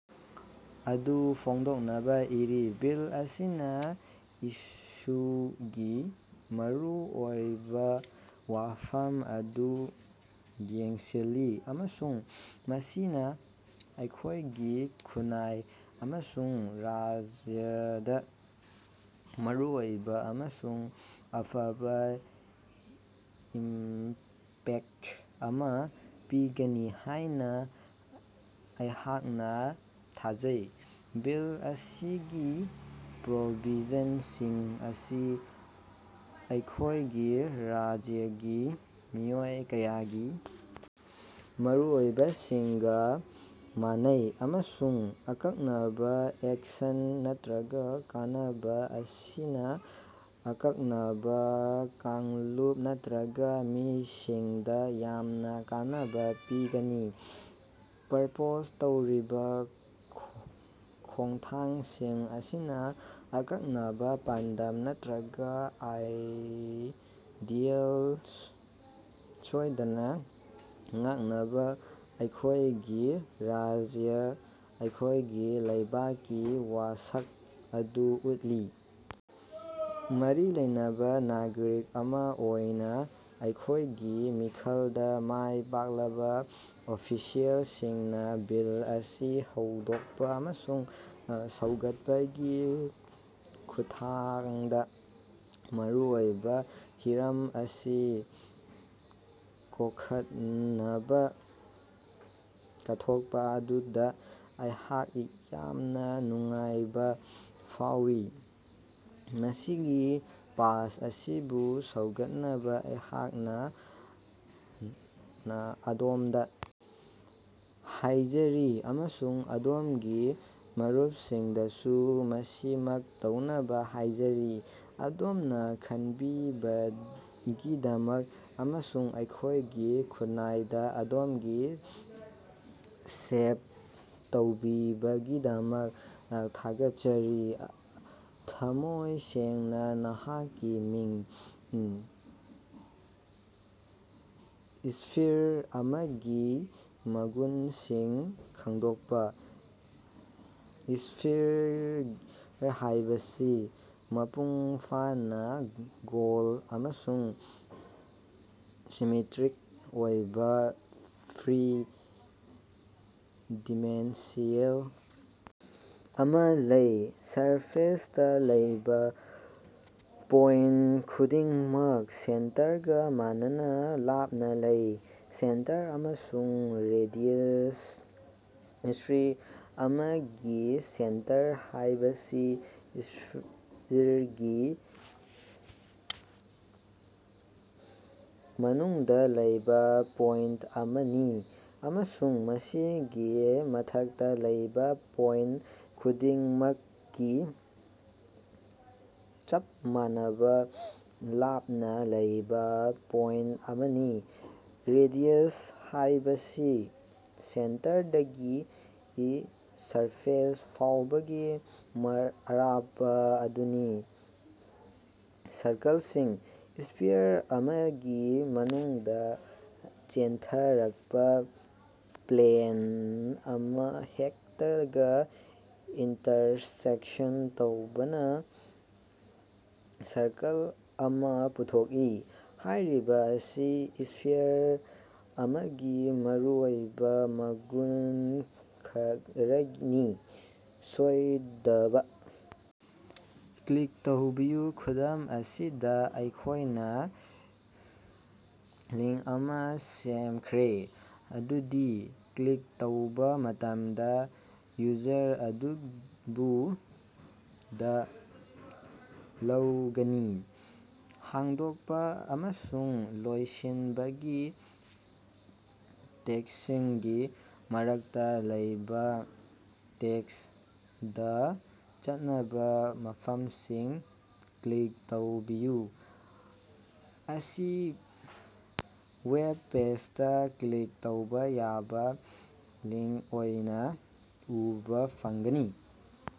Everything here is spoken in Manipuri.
ꯑꯗꯨ ꯐꯣꯡꯗꯣꯛꯅꯕ ꯏꯔꯤ꯫ ꯕꯤꯜ ꯑꯁꯤꯅ [ꯏꯁꯨ]ꯒꯤ ꯃꯔꯨꯑꯣꯏꯕ ꯋꯥꯐꯝ ꯑꯗꯨ ꯌꯦꯡꯁꯤꯜꯂꯤ, ꯑꯃꯁꯨꯡ ꯃꯁꯤꯅ ꯑꯩꯈꯣꯏꯒꯤ ꯈꯨꯟꯅꯥꯏ ꯑꯃꯁꯨꯡ ꯔꯥꯖ꯭ꯌꯗ ꯃꯔꯨꯑꯣꯏꯕ ꯑꯃꯁꯨꯡ ꯑꯐꯕ ꯏꯝꯄꯦꯛꯇ ꯑꯃ ꯄꯤꯒꯅꯤ ꯍꯥꯏꯅ ꯑꯩꯍꯥꯛꯅ ꯊꯥꯖꯩ꯫ ꯕꯤꯜ ꯑꯁꯤꯒꯤ ꯄ꯭ꯔꯣꯕꯤꯖꯟꯁꯤꯡ ꯑꯁꯤ ꯑꯩꯈꯣꯏꯒꯤ ꯔꯥꯖ꯭ꯌꯒꯤ ꯃꯤꯑꯣꯏ ꯀꯌꯥꯒꯤ ꯃꯔꯨꯑꯣꯏꯕꯁꯤꯡꯒ ꯃꯥꯟꯅꯩ, ꯑꯃꯁꯨꯡ [ꯑꯀꯛꯅꯕ ꯑꯦꯛꯁꯟ ꯅꯠꯇ꯭ꯔꯒꯥ ꯀꯥꯟꯅꯕ] ꯑꯁꯤꯅ ꯑꯀꯛꯅꯕ ꯀꯥꯡꯂꯨꯞ ꯅꯠꯇ꯭ꯔꯒꯥ ꯃꯤꯁꯤꯡ ꯗ ꯌꯥꯝꯅ ꯀꯥꯟꯅꯕ ꯄꯤꯒꯅꯤ꯫ ꯄ꯭ꯔꯄꯣꯖ ꯇꯧꯔꯤꯕ ꯈꯣꯡꯊꯥꯡꯁꯤꯡ ꯑꯁꯤꯅ ꯑꯀꯛꯅꯕ ꯄꯥꯟꯗꯝ ꯅꯠꯇ꯭ꯔꯒꯥ ꯑꯥꯏꯗꯤꯌꯦꯜ ꯁꯣꯏꯗꯅ ꯉꯥꯛꯅꯕ ꯑꯩꯈꯣꯏꯒꯤ ꯔꯥꯖ꯭ꯌ ꯑꯩꯈꯣꯏꯒꯤ ꯂꯩꯕꯥꯛꯀꯤ ꯋꯥꯁꯛ ꯑꯗꯨ ꯎꯠꯂꯤ꯫ ꯃꯔꯤ ꯂꯩꯅꯕ ꯅꯥꯒꯔꯤꯛ ꯑꯃ ꯑꯣꯏꯅ ꯑꯩꯈꯣꯏꯒꯤ ꯃꯤꯈꯜꯗ ꯃꯥꯏ ꯄꯥꯛꯂꯕ ꯑꯣꯐꯤꯁꯤꯑꯦꯜꯁꯤꯡꯅ ꯕꯤꯜ ꯑꯁꯤ ꯍꯧꯗꯣꯛꯄ ꯑꯃꯁꯨꯡ ꯁꯧꯒꯠꯄꯒꯤ ꯈꯨꯠꯊꯥꯡꯗ ꯃꯔꯨ ꯑꯣꯏꯕ ꯍꯤꯔꯝ ꯑꯁꯤ ꯀꯣꯈꯟꯅꯕ ꯀꯠꯊꯣꯛꯄ ꯑꯗꯨꯗ ꯑꯩꯍꯥꯛ ꯌꯥꯝꯅ ꯅꯨꯡꯉꯥꯏꯕ ꯐꯥꯎꯏ꯫ ꯃꯁꯤꯒꯤ ꯄꯥꯁ ꯑꯁꯤꯕꯨ ꯁꯧꯒꯠꯅꯕ ꯑꯩꯍꯥꯛꯅ ꯑꯗꯣꯝꯗ ꯍꯥꯏꯖꯔꯤ ꯑꯃꯁꯨꯡ ꯑꯗꯣꯝꯒꯤ ꯃꯔꯨꯞꯁꯤꯡꯗꯁꯨ ꯃꯁꯤꯃꯛ ꯇꯧꯅꯕ ꯍꯥꯏꯖꯔꯤ꯫ ꯑꯗꯣꯝꯅ ꯈꯟꯕꯤꯕꯒꯤꯗꯃꯛ ꯑꯃꯁꯨꯡ ꯑꯩꯈꯣꯏꯒꯤ ꯈꯨꯟꯅꯥꯏꯗ ꯑꯗꯣꯝꯒꯤ ꯁꯦꯕ ꯇꯧꯕꯤꯕꯒꯤꯗꯃꯛ ꯊꯥꯒꯠꯆꯔꯤ꯫ ꯊꯃꯣꯏ ꯁꯦꯡꯅ, ꯅꯍꯥꯛꯀꯤ ꯃꯤꯡ꯫ ꯏꯁ꯭ꯐꯤꯔ ꯑꯃꯒꯤ ꯃꯒꯨꯟꯁꯤꯡ ꯈꯪꯗꯣꯛꯄ꯫ ꯏꯁ꯭ꯐꯤꯔ ꯍꯥꯏꯕꯁꯤ ꯃꯄꯨꯡ ꯐꯥꯅ ꯒꯣꯜꯗ ꯑꯃꯁꯨꯡ ꯁꯤꯃꯦꯇꯔꯤꯛ ꯑꯣꯏꯕ ꯊ꯭ꯔꯤ-ꯗꯤꯃꯦꯟꯁꯤꯌꯦꯜ ꯑꯃ ꯂꯩ꯫ ꯁꯔꯐꯦꯁꯇ ꯂꯩꯕ ꯄꯣꯏꯟꯇ ꯈꯨꯗꯤꯡꯃꯛ ꯁꯦꯟꯇꯔꯒ ꯃꯥꯟꯅꯅ ꯂꯥꯞꯅ ꯂꯩ꯫ ꯁꯦꯟꯇꯔ ꯑꯃꯁꯨꯡ ꯔꯦꯗꯤꯌꯁ: ꯏꯁ꯭ꯐꯤꯔ ꯑꯃꯒꯤ ꯁꯦꯟꯇꯔ ꯍꯥꯏꯕꯁꯤ ꯏꯁ꯭ꯐꯤꯔꯒꯤ ꯃꯅꯨꯡꯗ ꯂꯩꯕ ꯄꯣꯏꯟꯇ ꯑꯃꯅꯤ ꯑꯃꯁꯨꯡ ꯃꯁꯤꯒꯤ ꯃꯊꯛꯇ ꯂꯩꯕ ꯄꯣꯏꯟꯇ ꯈꯨꯗꯤꯡꯃꯛꯇꯒꯤ ꯆꯞ ꯃꯥꯟꯅꯕ ꯂꯥꯞꯅ ꯂꯩꯕ ꯄꯣꯏꯟꯇ ꯑꯃꯅꯤ꯫ ꯔꯦꯗꯤꯌꯁ ꯍꯥꯏꯕꯁꯤ ꯁꯦꯟꯇꯔꯗꯒꯤ ꯁꯔꯐꯦꯁ ꯐꯥꯎꯕꯒꯤ ꯑꯔꯥꯞꯄ ꯑꯗꯨꯅꯤ꯫ ꯁꯔꯀꯜꯁꯤꯡ: ꯏꯁ꯭ꯐꯤꯔ ꯑꯃꯒꯤ ꯃꯅꯨꯡꯗ ꯆꯦꯟꯊꯔꯛꯄ ꯄ꯭ꯂꯦꯟ ꯑꯃꯍꯦꯛꯇꯒ ꯏꯟꯇꯔꯁꯦꯛꯁꯟ ꯇꯧꯕꯅ ꯁꯔꯀꯜ ꯑꯃꯥ ꯄꯨꯊꯣꯛꯏ꯫ ꯍꯥꯏꯔꯤꯕ ꯑꯁꯤ ꯏꯁ꯭ꯐꯤꯔ ꯑꯃꯒꯤ ꯃꯔꯨꯑꯣꯏꯕ ꯃꯒꯨꯟ ꯈꯔꯅꯤ꯫ ꯁꯣꯏꯗꯕ! ꯀ꯭ꯂꯤꯛ ꯇꯧꯕꯤꯌꯨ ꯈꯨꯗꯝ ꯑꯁꯤꯗ, ꯑꯩꯈꯣꯏꯅ ꯂꯤꯡ ꯑꯃ ꯁꯦꯝꯈ꯭ꯔꯦ ꯃꯗꯨꯗꯤ, ꯀ꯭ꯂꯤꯛ ꯇꯧꯕ ꯃꯇꯝꯗ, ꯌꯨꯖꯔ ꯑꯗꯨꯕꯨ ꯗ ꯂꯧꯒꯅꯤ꯫ ꯍꯥꯡꯗꯣꯛꯄ ꯑꯃꯁꯨꯡ ꯂꯣꯏꯁꯤꯟꯕꯒꯤ ꯇꯦꯛꯁꯤꯡꯒꯤ ꯃꯔꯛꯇ ꯂꯩꯕ ꯇꯦꯛꯁ (" ꯗ ꯆꯠꯅꯕ ꯃꯐꯝꯁꯤꯗ ꯀ꯭ꯂꯤꯛ ꯇꯧꯕꯤꯌꯨ") ꯑꯁꯤ ꯋꯦꯕꯄꯦꯖꯗ ꯀ꯭ꯂꯤꯛ ꯇꯧꯕ ꯌꯥꯕ ꯂꯤꯡ ꯑꯣꯏꯅ ꯎꯕ ꯐꯪꯒꯅꯤ꯫